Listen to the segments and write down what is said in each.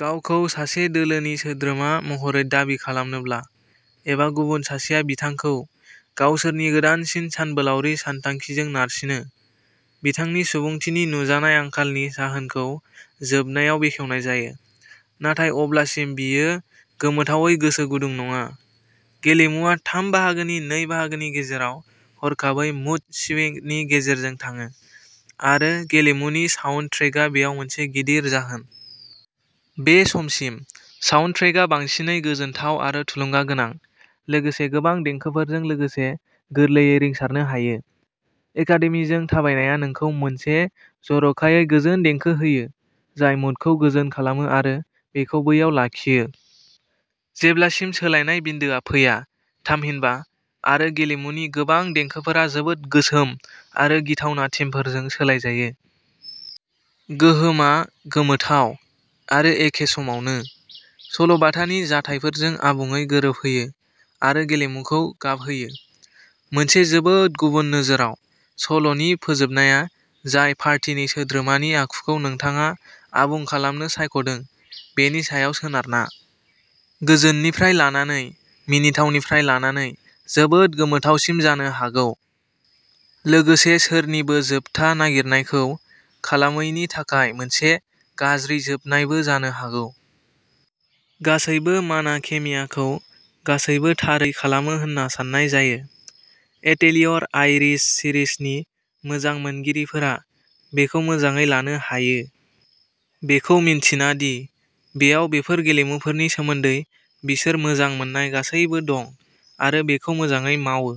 गावखौ सासे दोलोनि सोद्रोमा महरै दाबि खालामनोब्ला एबा गुबुन सासेआ बिथांखौ गावसोरनि गोदानसिन सानबोलावरि सानथांखिजों नारसिनो। बिथांनि सुबुंथिनि नुजानाय आंखालनि जाहोनखौ जोबनायाव बेखेवनाय जायो, नाथाय अब्लासिम बियो गोमोथावै गोसो गुदुं नङा। गेलेमुआ थाम बाहागोनि नै बाहागोनि गेजेराव हरखाबै मुड स्विंगनि गेजेरजों थाङो, आरो गेलेमुनि साउन्डट्रेकआ बेयाव मोनसे गिदिर जाहोन। बे समसिम, साउन्डट्रेकआ बांसिनै गोजोनथाव आरो थुलुंगागोनां, लोगोसे गोबां देंखोफोरजों लोगोसे गोरलैयै रिंसारनो हायो। एकादेमिजों थाबायनायआ नोंखौ मोनसे जर'खायै गोजोन देंखो होयो जाय मुडखौ गोजोन खालामो आरो बेखौ बैयाव लाखियो। जेब्लासिम सोलायनाय बिन्दोआ फैया, थामहिनबा, आरो गेलेमुनि गोबां देंखोफोरा जोबोद गोसोम आरो गिथावना थीमफोरजों सोलायजायो। गोहोमआ गोमोथाव आरो एखे समावनो, सल'बाथानि जाथायफोरजों आबुङै गोरोबहोयो आरो गेलेमुखौ गाबहोयो। मोनसे जोबोद गुबुन नोजोराव। सल'नि फोजोबनाया, जाय पार्टिनि सोद्रोमानि आखुखौ नोंथाङा आबुं खालामनो सायख'दों बेनि सायाव सोनारना, गोजोननिफ्राय लानानै मिनिथावनिफ्राय लानानै जोबोद गोमोथावसिम जानो हागौ, लोगोसे सोरनिबो जोबथा नागिरनायखौ खालामैनि थाखाय मोनसे गाज्रि जोबनायबो जानो हागौ। गासैबो माना खेमियाखौ गासैबो थारै खालामो होनना सान्नाय जायो। एटेलियर आइरिस सिरिजनि मोजां मोनगिरिफोरा बेखौ मोजाङै लानो हायो, बेखौ मिन्थिना दि बेयाव बेफोर गेलेमुफोरनि सोमोन्दै बिसोर मोजां मोननाय गासैबो दं आरो बेखौ मोजाङै मावो।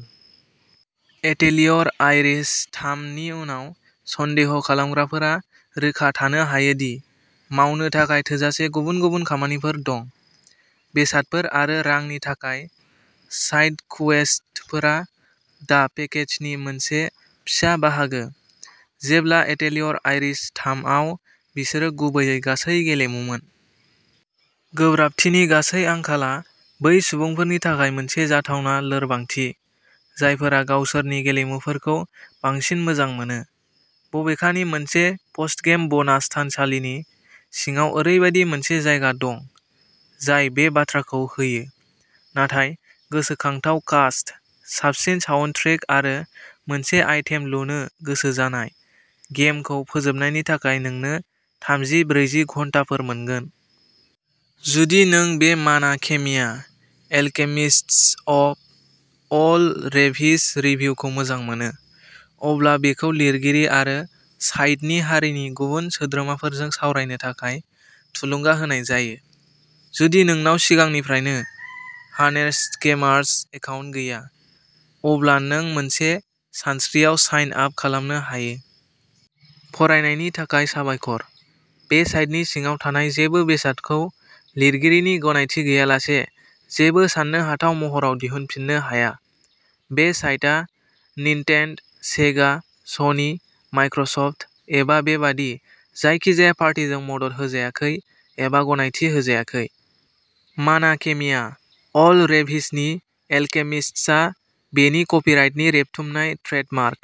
एटेलियर आइरिस थाम नि उनाव सन्देह खालामग्राफोरा रोखा थानो हायो दि मावनो थाखाय थोजासे गुबुन गुबुन खामानिफोर दं। बेसादफोर आरो रांनि थाखाय साइडक्वेस्टफोरा दा पेकेजनि मोनसे फिसा बाहागो, जेब्ला एटेलियर आइरिस थाम आव बिसोरो गुबैयै गासै गेलेमुमोन। गोब्राबथिनि गासै आंखालआ बै सुबुंफोरनि थाखाय मोनसे जाथावना लोरबांथि, जायफोरा गावसोरनि गेलेमुफोरखौ बांसिन मोजां मोनो, बबेखानि मोनसे पस्टगेम ब'नास थानसालिनि सिङाव ओरैबायदि मोनसे जायगा दं, जाय बे बाथ्राखौ होयो। नाथाय, गोसोखांथाव कास्ट, साबसिन साउन्डट्रेक आरो मोनसे आइटेम लुनो गोसो जानाय, गेमखौ फोजोबनायनि थाखाय नोंनो थामजि ब्रैजि घन्टाफोर मोनगोन। जुदि नों बे माना खेमिया एलकेमिस्ट्स अफ अल रेभिस रिभिउखौ मोजां मोनो, अब्ला बेखौ लिरगिरि आरो साइटनि हारिनि गुबुन सोद्रोमाफोरजों सावरायनो थाखाय थुलुंगा होनाय जायो। जुदि नोंनाव सिगांनिफ्रायनो हानेस्टगेमार्स एकाउन्ट गैया, अब्ला नों मोनसे सानस्रियाव साइन आप खालामनो हायो। फरायनायनि थाखाय साबायखर! बे साइटनि सिङाव थानाय जेबो बेसादखौ लिरगिरिनि गनायथि गैयालासे जेबो साननो हाथाव महराव दिहुनफिननो हाया। बे साइटआ निनटेन्ड', सेगा, स'नि, माइक्र'सफ्ट, एबा बेबादि जायखिजाया पार्टीजों मदद होजायाखै एबा गनायथि होजायाखै। माना खेमिया अल-रेभिसनि एलकेमिस्ट्सआ बेनि कपिराइटनि रेबथुमनाय ट्रेडमार्क।